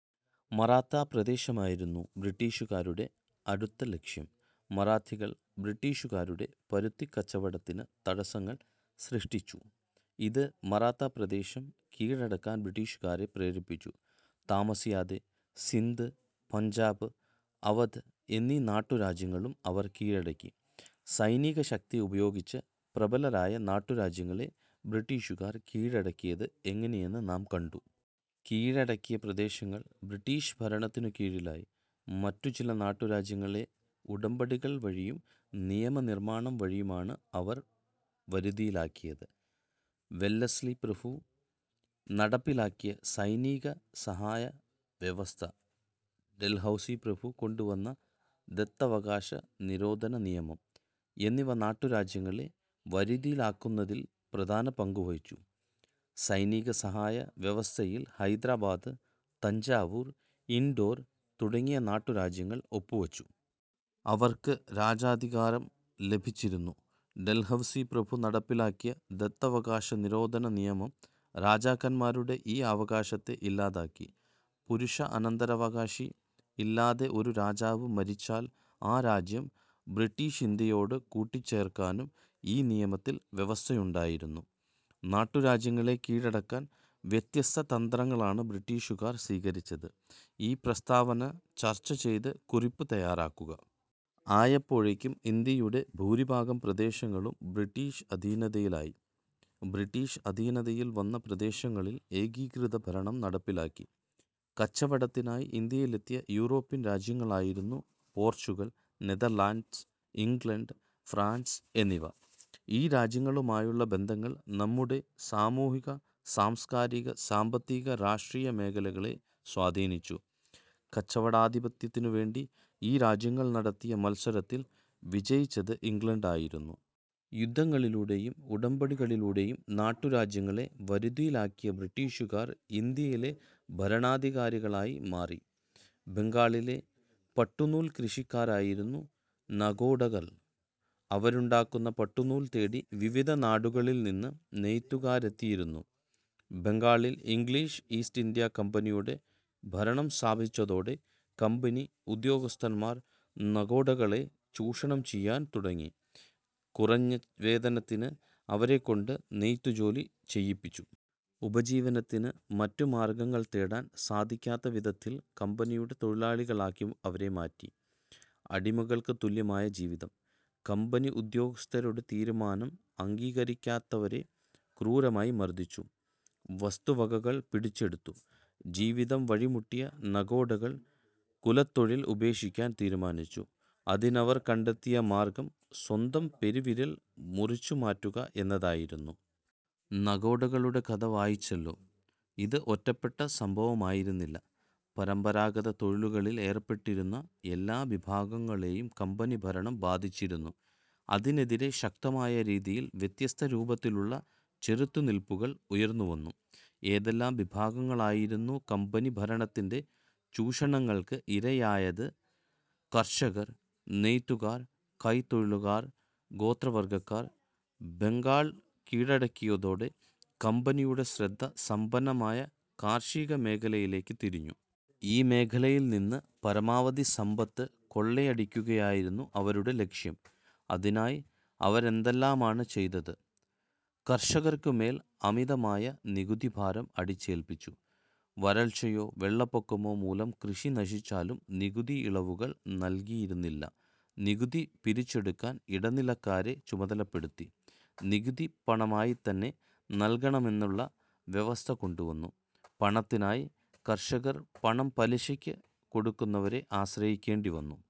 മറാത്ത പ്രദേശമായിരുന്നു ബ്രിട്ടീഷുകാരുടെ അടുത്ത ലക്ഷ്യം. മറാത്തികൾ ബ്രിട്ടീഷുകാരുടെ പരുത്തിക്കച്ചവടത്തിന് തടസ്സങ്ങൾ സൃഷ്ടിച്ചു. ഇത് മറാത്താ പ്രദേശം കീഴടക്കാൻ ബ്രിട്ടീഷുകാരെ പ്രേരിപ്പിച്ചു. താമസിയാതെ സിന്ധ്, പഞ്ചാബ്, അവധ് എന്നീ നാട്ടുരാജ്യങ്ങളും അവർ കീഴടക്കി. സൈനികശക്തി ഉപയോഗിച്ച് പ്രബലരായ നാട്ടുരാജ്യങ്ങളെ ബ്രിട്ടീഷുകാർ കീഴടക്കിയത് എങ്ങനെയെന്ന് നാം കണ്ടു. കീഴടക്കിയ പ്രദേശങ്ങൾ ബ്രിട്ടീഷ് ഭരണത്തിനു കീഴിലായി. മറ്റുചില നാട്ടുരാജ്യങ്ങളെ ഉടമ്പടികൾ വഴിയും നിയമനിർമ്മാണം വഴിയുമാണ് അവർ വരു തിയിലാക്കിയത്. വെല്ലസ്ലി പ്രഭു നടപ്പിലാക്കിയ സൈനിക സഹായ വ്യവസ്ഥ, ഡൽഹൗസി പ്രഭു കൊണ്ടുവന്ന "ദത്തവകാശ നിരോധനനിയമം' എന്നിവ നാട്ടുരാജ്യങ്ങളെ വരുതിയിലാക്കുന്നതിൽ പ്രധാന പങ്കുവഹിച്ചു. സൈനികസഹായ വ്യവസ്ഥയിൽ ഹൈദരാബാദ്, തഞ്ചാവൂർ, ഇൻഡോർ തുടങ്ങിയ നാട്ടുരാജ്യങ്ങൾ ഒപ്പുവച്ചു. അവർക്ക് രാജാധികാരം ലഭിച്ചിരുന്നു. ഡൽഹൗസി പ്രഭു നടപ്പിലാക്കിയ ദത്തവകാശ നിരോധനിയമം രാജാക്കന്മാരുടെ ഈ അവകാശത്തെ ഇല്ലാതാക്കി. പുരുഷ അനന്തരാവകാശി ഇല്ലാതെ ഒരു രാജാവ് മരിച്ചാൽ ആ രാജ്യം ബ്രിട്ടീഷിന്ത്യയോട് കൂട്ടിച്ചേർക്കാനും ഈ നിയമത്തിൽ വ്യവസ്ഥയുണ്ടായിരുന്നു. നാട്ടുരാജ്യങ്ങളെ കീഴടക്കാൻ വ്യത്യസ്ത തന്ത്രങ്ങളാണ് ബ്രിട്ടീഷുകാർ സ്വീകരിച്ചത്. ഈ പ്രസ്താവന ചർച്ചചെയ്ത് കുറിപ്പ് തയ്യാറാക്കുക. ആയപ്പോഴേക്കും ഇന്ത്യയുടെ ഭൂരിഭാഗം പ്രദേശങ്ങളും ബ്രിട്ടീഷ് അധീനതയിലായി. ബ്രിട്ടീഷ് അധീനതയിൽ വന്ന പ്രദേശങ്ങളിൽ ഏകീകൃതഭരണം നടപ്പിലാക്കി. കച്ചവടത്തിനായി ഇന്ത്യയിലെത്തിയ യൂറോപ്യൻ രാജ്യങ്ങളായിരുന്നു പോർച്ചുഗൽ, നെതർലാന്റ്സ്, ഇംഗ്ലണ്ട്, ഫ്രാൻസ് എന്നിവ. ഈ രാജ്യങ്ങളുമായുള്ള ബന്ധങ്ങൾ നമ്മുടെ സാമൂഹിക-സാംസ്കാരിക-സാമ്പത്തിക രാഷ്ട്രീയ മേഖലകളെ സ്വാധീനിച്ചു. കച്ചവടാധിപത്യത്തിനുവേണ്ടി ഈ രാജ്യങ്ങൾ നടത്തിയ മത്സരത്തിൽ വിജയിച്ചത് ഇംഗ്ലണ്ടായിരുന്നു. യുദ്ധങ്ങളിലൂടെയും ഉടമ്പടികളിലൂടെയും നാട്ടുരാജ്യങ്ങളെ വരുതിയിലാക്കിയ ബ്രിട്ടീഷുകാർ ഇന്ത്യയിലെ ഭരണാധികാരികളായി മാറി. ബംഗാളിലെ പട്ടുനൂൽ കൃഷിക്കാരായിരുന്നു നഗോഡകൾ. അവരുണ്ടാക്കുന്ന പട്ടുനൂൽ തേടി വിവിധ നാടുകളിൽനിന്ന് നെയ്ത്തുകാരെത്തിയിരുന്നു. ബംഗാളിൽ ഇംഗ്ലീഷ് ഈസ്റ്റിന്ത്യാ കമ്പനിയുടെ ഭരണം സ്ഥാപിച്ചതോടെ കമ്പനി ഉദ്യോഗസ്ഥന്മാർ നഗോഡകളെ ചൂഷണം ചെയ്യാൻ തുടങ്ങി. കുറഞ്ഞ വേതനത്തിന് അവരെക്കൊണ്ട് നെയ്ത്തുജോലി ചെയ്യിപ്പിച്ചു. ഉപജീവനത്തിന് മറ്റു മാർഗ്ഗങ്ങൾ തേടാൻ സാധിക്കാത്തവിധത്തിൽ കമ്പനിയുടെ തൊഴിലാളികളാക്കി അവരെ മാറ്റി. അടിമകൾക്ക് തുല്യമായ ജീവിതം! കമ്പനി ഉദ്യോഗസ്ഥരുടെ തീരുമാനം അംഗീകരിക്കാത്തവരെ ക്രൂരമായി മർദ്ദിച്ചു. വസ്തുവകകൾ പിടിച്ചെടുത്തു. ജീവിതം വഴിമുട്ടിയ നഗോഡകൾ കുലത്തൊഴിൽ ഉപേക്ഷിക്കാൻ തീരുമാനിച്ചു. അതിനവർ കണ്ടെത്തിയ മാർഗ്ഗം സ്വന്തം പെരുവിരൽ മുറിച്ചുമാറ്റുക എന്നതായിരുന്നു. നഗോഡകളുടെ കഥ വായിച്ചല്ലോ. ഇത് ഒറ്റപ്പെട്ട സംഭവമായിരുന്നില്ല. പരമ്പരാഗത തൊഴിലുകളിൽ ഏർപ്പെട്ടിരുന്ന എല്ലാ വിഭാഗങ്ങളെയും കമ്പനി ഭരണം ബാധിച്ചിരുന്നു. അതിനെതിരെ ശക്തമായ രീതിയിൽ വ്യത്യസ്ത രൂപത്തിലുള്ള ചെറുത്തു നിൽപ്പുകൾ ഉയർന്നുവന്നു. ഏതെല്ലാം വിഭാഗങ്ങളായിരുന്നു കമ്പനി ഭരണത്തിന്റെ ചൂഷണങ്ങൾക്ക് ഇരയായത് കർഷകർ, നെയ്ത്തുകാർ, കൈത്തൊഴിലുകാർ, ഗോത്രവർഗ്ഗക്കാർ. ബംഗാൾ കീഴടക്കിയതോടെ കമ്പനിയുടെ ശ്രദ്ധ സമ്പന്നമായ കാർഷികമേഖലയിലേക്ക് തിരിഞ്ഞു. ഈ മേഖലയിൽനിന്ന് പരമാവധി സമ്പത്ത് കൊള്ളയടിക്കുകയായിരുന്നു അവരുടെ ലക്ഷ്യം. അതിനായി അവരെന്തെല്ലാമാണ് ചെയ്തത്? കർഷകർക്കുമേൽ അമിതമായ നികുതിഭാരം അടിച്ചേൽപ്പിച്ചു. വരൾച്ചയോ വെള്ളപ്പൊക്കമോ മൂലം കൃഷി നശിച്ചാലും നികുതി ഇളവുകൾ നൽകിയിരുന്നില്ല. നികുതി പിരിച്ചെടുക്കാൻ ഇടനിലക്കാരെ ചുമതലപ്പെടുത്തി. നികുതി പണമായിത്തന്നെ നൽകണമെന്നുള്ള വ്യവസ്ഥ കൊണ്ടുവന്നു. പണത്തിനായി കർഷകർ പണം പലിശയ്ക്ക് കൊടുക്കുന്നവരെ ആശ്രയിക്കേണ്ടിവന്നു.